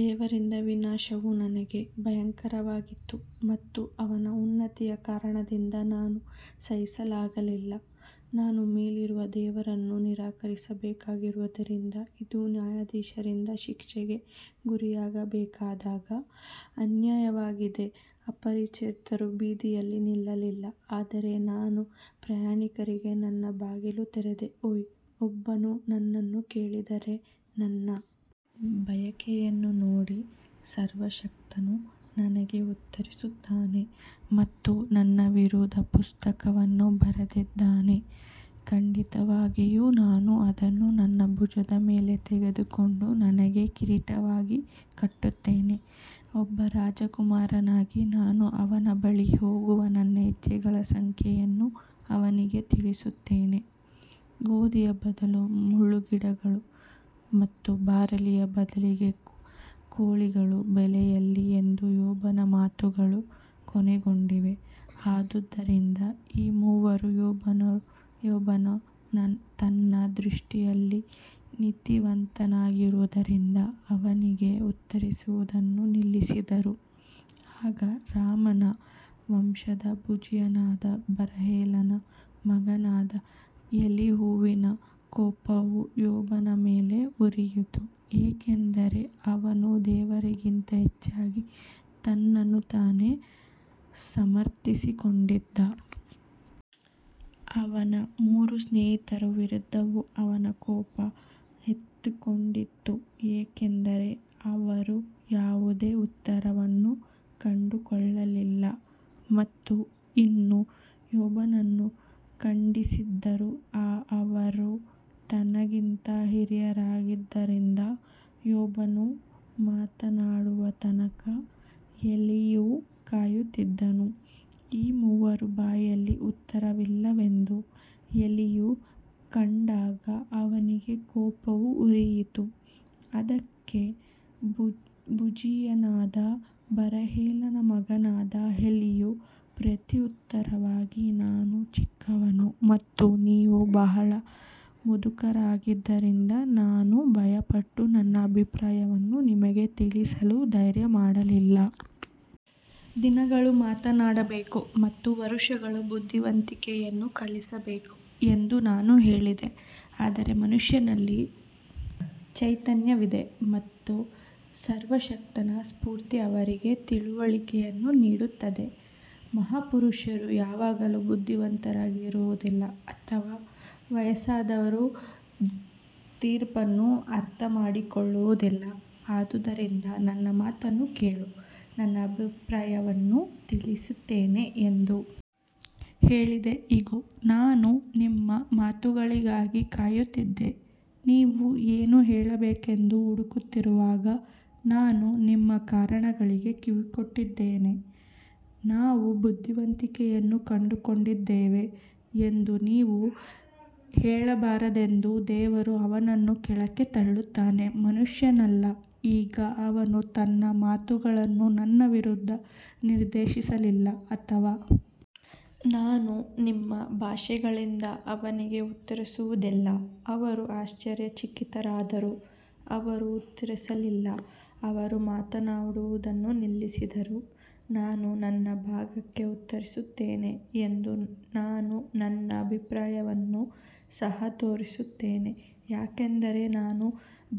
ದೇವರಿಂದ ವಿನಾಶವು ನನಗೆ ಭಯಂಕರವಾಗಿತ್ತು ಮತ್ತು ಅವನ ಉನ್ನತಿಯ ಕಾರಣದಿಂದ ನಾನು ಸಹಿಸಲಾಗಲಿಲ್ಲ ನಾನು ಮೇಲಿರುವ ದೇವರನ್ನು ನಿರಾಕರಿಸಬೇಕಾಗಿರುವುದರಿಂದ ಇದು ನ್ಯಾಯಾಧೀಶರಿಂದ ಶಿಕ್ಷೆಗೆ ಗುರಿಯಾಗಬೇಕಾದ ಅನ್ಯಾಯವಾಗಿದೆ ಅಪರಿಚಿತರು ಬೀದಿಯಲ್ಲಿ ನಿಲ್ಲಲಿಲ್ಲ ಆದರೆ ನಾನು ಪ್ರಯಾಣಿಕನಿಗೆ ನನ್ನ ಬಾಗಿಲು ತೆರೆದೆ ಓಹ್, ಒಬ್ಬನು ನನ್ನನ್ನು ಕೇಳಿದರೆ, ನನ್ನ ಬಯಕೆಯನ್ನು ನೋಡಿ, ಸರ್ವಶಕ್ತನು ನನಗೆ ಉತ್ತರಿಸುತ್ತಾನೆ ಮತ್ತು ನನ್ನ ವಿರೋಧಿ ಪುಸ್ತಕವನ್ನು ಬರೆದಿದ್ದಾನೆ ಖಂಡಿತವಾಗಿಯೂ ನಾನು ಅದನ್ನು ನನ್ನ ಭುಜದ ಮೇಲೆ ತೆಗೆದುಕೊಂಡು ನನಗೆ ಕಿರೀಟವಾಗಿ ಕಟ್ಟುತ್ತೇನೆ ಒಬ್ಬ ರಾಜಕುಮಾರನಾಗಿ ನಾನು ಅವನ ಬಳಿಗೆ ಹೋಗುವ ನನ್ನ ಹೆಜ್ಜೆಗಳ ಸಂಖ್ಯೆಯನ್ನು ಅವನಿಗೆ ತಿಳಿಸುತ್ತೇನೆ ಗೋಧಿಯ ಬದಲು ಮುಳ್ಳುಗಿಡಗಳು ಮತ್ತು ಬಾರ್ಲಿಯ ಬದಲಿಗೆ ಕೋಳಿಗಳು ಬೆಳೆಯಲಿ ಎಂದು ಯೋಬನ ಮಾತುಗಳು ಕೊನೆಗೊಂಡಿವೆ ಆದುದರಿಂದ ಈ ಮೂವರು ಯೋಬನು ತನ್ನ ದೃಷ್ಟಿಯಲ್ಲಿ ನೀತಿವಂತನಾಗಿದ್ದರಿಂದ ಅವನಿಗೆ ಉತ್ತರಿಸುವುದನ್ನು ನಿಲ್ಲಿಸಿದರು ಆಗ ರಾಮನ ವಂಶದ ಬೂಜಿಯನಾದ ಬರಹೇಲನ ಮಗನಾದ ಎಲೀಹುವಿನ ಕೋಪವು ಯೋಬನ ಮೇಲೆ ಉರಿಯಿತು, ಏಕೆಂದರೆ ಅವನು ದೇವರಿಗಿಂತ ಹೆಚ್ಚಾಗಿ ತನ್ನನ್ನು ತಾನೇ ಸಮರ್ಥಿಸಿಕೊಂಡನು. ಅವನ ಮೂವರು ಸ್ನೇಹಿತರ ವಿರುದ್ಧವೂ ಅವನ ಕೋಪವು ಹೊತ್ತಿಕೊಂಡಿತು ಏಕೆಂದರೆ ಅವರು ಯಾವುದೇ ಉತ್ತರವನ್ನು ಕಂಡುಕೊಳ್ಳಲಿಲ್ಲ ಮತ್ತು ಇನ್ನೂ ಯೋಬನನ್ನು ಖಂಡಿಸಿದರು ಅವರು ತನಗಿಂತ ಹಿರಿಯರಾಗಿದ್ದರಿಂದ ಯೋಬನು ಮಾತನಾಡುವ ತನಕ ಎಲೀಹು ಕಾಯುತ್ತಿದ್ದನು ಈ ಮೂವರ ಬಾಯಲ್ಲಿ ಉತ್ತರವಿಲ್ಲವೆಂದು ಎಲೀಹು ಕಂಡಾಗ ಅವನ ಕೋಪವು ಉರಿಯಿತು ಅದಕ್ಕೆ ಬೂಜಿಯನಾದ ಬರಹೇಲನ ಮಗನಾದ ಎಲೀಹು ಪ್ರತ್ಯುತ್ತರವಾಗಿ ನಾನು ಚಿಕ್ಕವನು ಮತ್ತು ನೀವು ಬಹಳ ಮುದುಕರಾಗಿದ್ದರಿಂದ ನಾನು ಭಯಪಟ್ಟು ನನ್ನ ಅಭಿಪ್ರಾಯವನ್ನು ನಿಮಗೆ ತಿಳಿಸಲು ಧೈರ್ಯಮಾಡಲಿಲ್ಲ. ದಿನಗಳು ಮಾತನಾಡಬೇಕು ಮತ್ತು ವರ್ಷಗಳು ಬುದ್ಧಿವಂತಿಕೆಯನ್ನು ಕಲಿಸಬೇಕು ಎಂದು ನಾನು ಹೇಳಿದೆ ಆದರೆ ಮನುಷ್ಯನಲ್ಲಿ ಚೈತನ್ಯವಿದೆ ಮತ್ತು ಸರ್ವಶಕ್ತನ ಸ್ಫೂರ್ತಿ ಅವರಿಗೆ ತಿಳುವಳಿಕೆಯನ್ನು ನೀಡುತ್ತದೆ ಮಹಾಪುರುಷರು ಯಾವಾಗಲೂ ಬುದ್ಧಿವಂತರಾಗಿರುವುದಿಲ್ಲ ಅಥವಾ ವಯಸ್ಸಾದವರು ತೀರ್ಪನ್ನು ಅರ್ಥಮಾಡಿಕೊಳ್ಳುವುದಿಲ್ಲ ಆದುದರಿಂದ ನನ್ನ ಮಾತನ್ನು ಕೇಳು, ನನ್ನ ಅಭಿಪ್ರಾಯವನ್ನೂ ತಿಳಿಸುತ್ತೇನೆ ಎಂದು ಹೇಳಿದೆ ಇಗೋ, ನಾನು ನಿಮ್ಮ ಮಾತುಗಳಿಗಾಗಿ ಕಾಯುತ್ತಿದ್ದೆ, ನೀವು ಏನು ಹೇಳಬೇಕೆಂದು ಹುಡುಕುತ್ತಿರುವಾಗ ನಾನು ನಿಮ್ಮ ಕಾರಣಗಳಿಗೆ ಕಿವಿಗೊಟ್ಟಿದ್ದೇನೆ ನಾವು ಬುದ್ಧಿವಂತಿಕೆಯನ್ನು ಕಂಡುಕೊಂಡಿದ್ದೇವೆ ಎಂದು ನೀವು ಹೇಳಬಾರದೆಂದು ದೇವರು ಅವನನ್ನು ಕೆಳಕ್ಕೆ ತಳ್ಳುತ್ತಾನೆ ಮನುಷ್ಯನಲ್ಲ ಈಗ ಅವನು ತನ್ನ ಮಾತುಗಳನ್ನು ನನ್ನ ವಿರುದ್ಧ ನಿರ್ದೇಶಿಸಿಲ್ಲ ಅಥವಾ ನಾನು ನಿಮ್ಮ ಭಾಷಣಗಳಿಂದ ಅವನಿಗೆ ಉತ್ತರಿಸುವುದಿಲ್ಲ ಅವರು ಆಶ್ಚರ್ಯಚಕಿತರಾದರು, ಅವರು ಉತ್ತರಿಸಲಿಲ್ಲ, ಅವರು ಮಾತನಾಡುವುದನ್ನು ನಿಲ್ಲಿಸಿದರು ನಾನು ನನ್ನ ಭಾಗಕ್ಕೆ ಉತ್ತರಿಸುತ್ತೇನೆ ಎಂದು ನಾನು ನನ್ನ ಅಭಿಪ್ರಾಯವನ್ನು ಸಹ ತೋರಿಸುತ್ತೇನೆ ಯಾಕಂದರೆ ನಾನು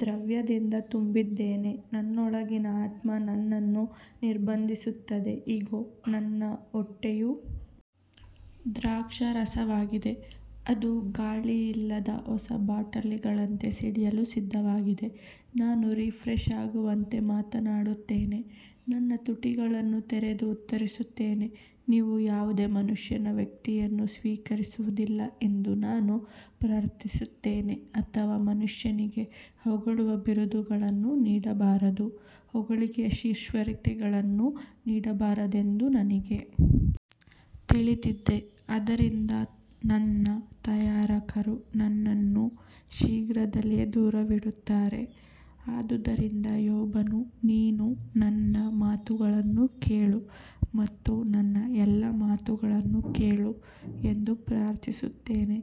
ದ್ರವ್ಯದಿಂದ ತುಂಬಿದ್ದೇನೆ ನನ್ನೊಳಗಿನ ಆತ್ಮವು ನನ್ನನ್ನು ನಿರ್ಬಂಧಿಸುತ್ತದೆ ಇಗೋ, ನನ್ನ ಹೊಟ್ಟೆಯು ದ್ರಾಕ್ಷಾರಸವಾಗಿದೆ, ಅದು ಗಾಳಿಯಿಲ್ಲದ ಹೊಸ ಬಾಟಲಿಗಳಂತೆ ಸಿಡಿಯಲು ಸಿದ್ಧವಾಗಿದೆ ನಾನು ರಿಫ್ರೆಶ್ ಆಗುವಂತೆ ಮಾತನಾಡುತ್ತೇನೆ, ನನ್ನ ತುಟಿಗಳನ್ನು ತೆರೆದು ಉತ್ತರಿಸುತ್ತೇನೆ ನೀವು ಯಾವುದೇ ಮನುಷ್ಯನ ವ್ಯಕ್ತಿಯನ್ನು ಸ್ವೀಕರಿಸುವುದಿಲ್ಲ ಎಂದು ನಾನು ಪ್ರಾರ್ಥಿಸುತ್ತೇನೆ ಅಥವಾ ಮನುಷ್ಯನಿಗೆ ಹೊಗಳುವ ಬಿರುದುಗಳನ್ನು ನೀಡಬಾರದು ಹೊಗಳಿಕೆಯ ಶೀರ್ಷಿಕೆಗಳನ್ನು ನೀಡಬಾರದು ಎಂದು ನನಗೆ ತಿಳಿದಿದೆ, ಆದ್ದರಿಂದ ನನ್ನ ತಯಾರಕರು ನನ್ನನ್ನು ಶೀಘ್ರದಲ್ಲೇ ದೂರವಿಡುತ್ತಾರೆ ಆದುದರಿಂದ ಯೋಬನು ನೀನು ನನ್ನ ಮಾತುಗಳನ್ನು ಕೇಳು ಮತ್ತು ನನ್ನ ಎಲ್ಲಾ ಮಾತುಗಳನ್ನು ಕೇಳು ಎಂದು ಪ್ರಾರ್ಥಿಸುತ್ತೇನೆ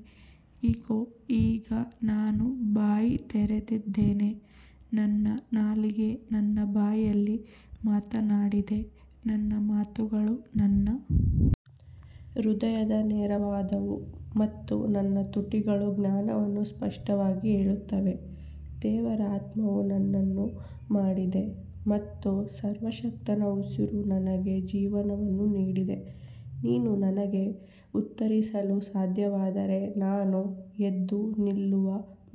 ಇಗೋ ಈಗ ನಾನು ಬಾಯಿ ತೆರೆದಿದ್ದೇನೆ ನನ್ನ ನಾಲಿಗೆ ನನ್ನ ಬಾಯಲ್ಲಿ ಮಾತನಾಡಿದೆ ನನ್ನ ಮಾತುಗಳು ನನ್ನ ಹೃದಯದ ನೇರವಾದವು ಮತ್ತು ನನ್ನ ತುಟಿಗಳು ಜ್ಞಾನವನ್ನು ಸ್ಪಷ್ಟವಾಗಿ ಹೇಳುತ್ತವೆ ದೇವರ ಆತ್ಮವು ನನ್ನನ್ನು ಮಾಡಿದೆ ಮತ್ತು ಸರ್ವಶಕ್ತನ ಉಸಿರು ನನಗೆ ಜೀವವನ್ನು ನೀಡಿದೆ ನೀನು ನನಗೆ ಉತ್ತರಿಸಲು ಸಾಧ್ಯವಾದರೆ ನಾನು ಎದ್ದು ನಿಲ್ಲುವ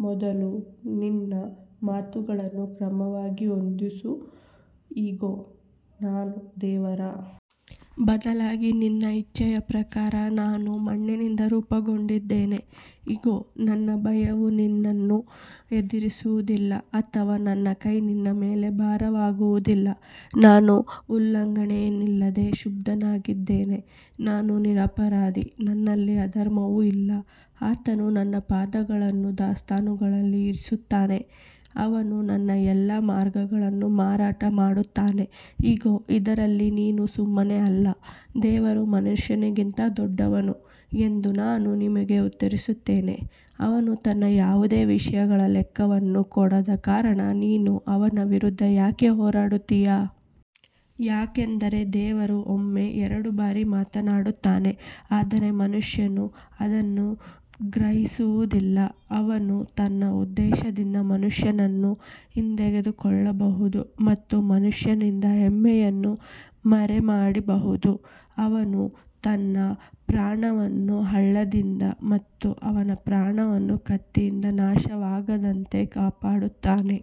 ಮೊದಲು ನಿನ್ನ ಮಾತುಗಳನ್ನು ಕ್ರಮವಾಗಿ ಹೊಂದಿಸು ಇಗೋ, ನಾನು ದೇವರ ಬದಲಾಗಿ ನಿನ್ನ ಇಚ್ಛೆಯ ಪ್ರಕಾರ ನಾನು ಮಣ್ಣಿನಿಂದ ರೂಪುಗೊಂಡಿದ್ದೇನೆ ಇಗೋ, ನನ್ನ ಭಯವು ನಿನ್ನನ್ನು ಹೆದರಿಸುವುದಿಲ್ಲ ಅಥವಾ ನನ್ನ ಕೈ ನಿನ್ನ ಮೇಲೆ ಭಾರವಾಗುವುದಿಲ್ಲ ನಾನು ಉಲ್ಲಂಘನೆಯಿಲ್ಲದೆ ಶುದ್ಧನಾಗಿದ್ದೇನೆ, ನಾನು ನಿರಪರಾಧಿ, ನನ್ನಲ್ಲಿ ಅಧರ್ಮವೂ ಇಲ್ಲ ಆತನು ನನ್ನ ಪಾದಗಳನ್ನು ದಾಸ್ತಾನುಗಳಲ್ಲಿ ಇರಿಸುತ್ತಾನೆ, ಅವನು ನನ್ನ ಎಲ್ಲಾ ಮಾರ್ಗಗಳನ್ನು ಮಾರಾಟ ಮಾಡುತ್ತಾನೆ ಇಗೋ, ಇದರಲ್ಲಿ ನೀನು ಸುಮ್ಮನೆ ಅಲ್ಲ, ದೇವರು ಮನುಷ್ಯನಿಗಿಂತ ದೊಡ್ಡವನು ಎಂದು ನಾನು ನಿಮಗೆ ಉತ್ತರಿಸುತ್ತೇನೆ ಅವನು ತನ್ನ ಯಾವುದೇ ವಿಷಯಗಳ ಲೆಕ್ಕವನ್ನು ಕೊಡದ ಕಾರಣ ನೀನು ಅವನ ವಿರುದ್ಧ ಏಕೆ ಹೋರಾಡುತ್ತೀಯ? ಯಾಕಂದರೆ ದೇವರು ಒಮ್ಮೆ ಎರಡು ಬಾರಿ ಮಾತನಾಡುತ್ತಾನೆ ಆದರೆ ಮನುಷ್ಯನು ಅದನ್ನು ಗ್ರಹಿಸುವುದಿಲ್ಲ ಅವನು ತನ್ನ ಉದ್ದೇಶದಿಂದ ಮನುಷ್ಯನನ್ನು ಹಿಂತೆಗೆದುಕೊಳ್ಳಬಹುದು ಮತ್ತು ಮನುಷ್ಯನಿಂದ ಹೆಮ್ಮೆಯನ್ನು ಮರೆಮಾಡಬಹುದು ಅವನು ತನ್ನ ಪ್ರಾಣವನ್ನು ಹಳ್ಳದಿಂದ ಮತ್ತು ಅವನ ಪ್ರಾಣವನ್ನು ಕತ್ತಿಯಿಂದ ನಾಶವಾಗದಂತೆ ಕಾಪಾಡುತ್ತಾನೆ.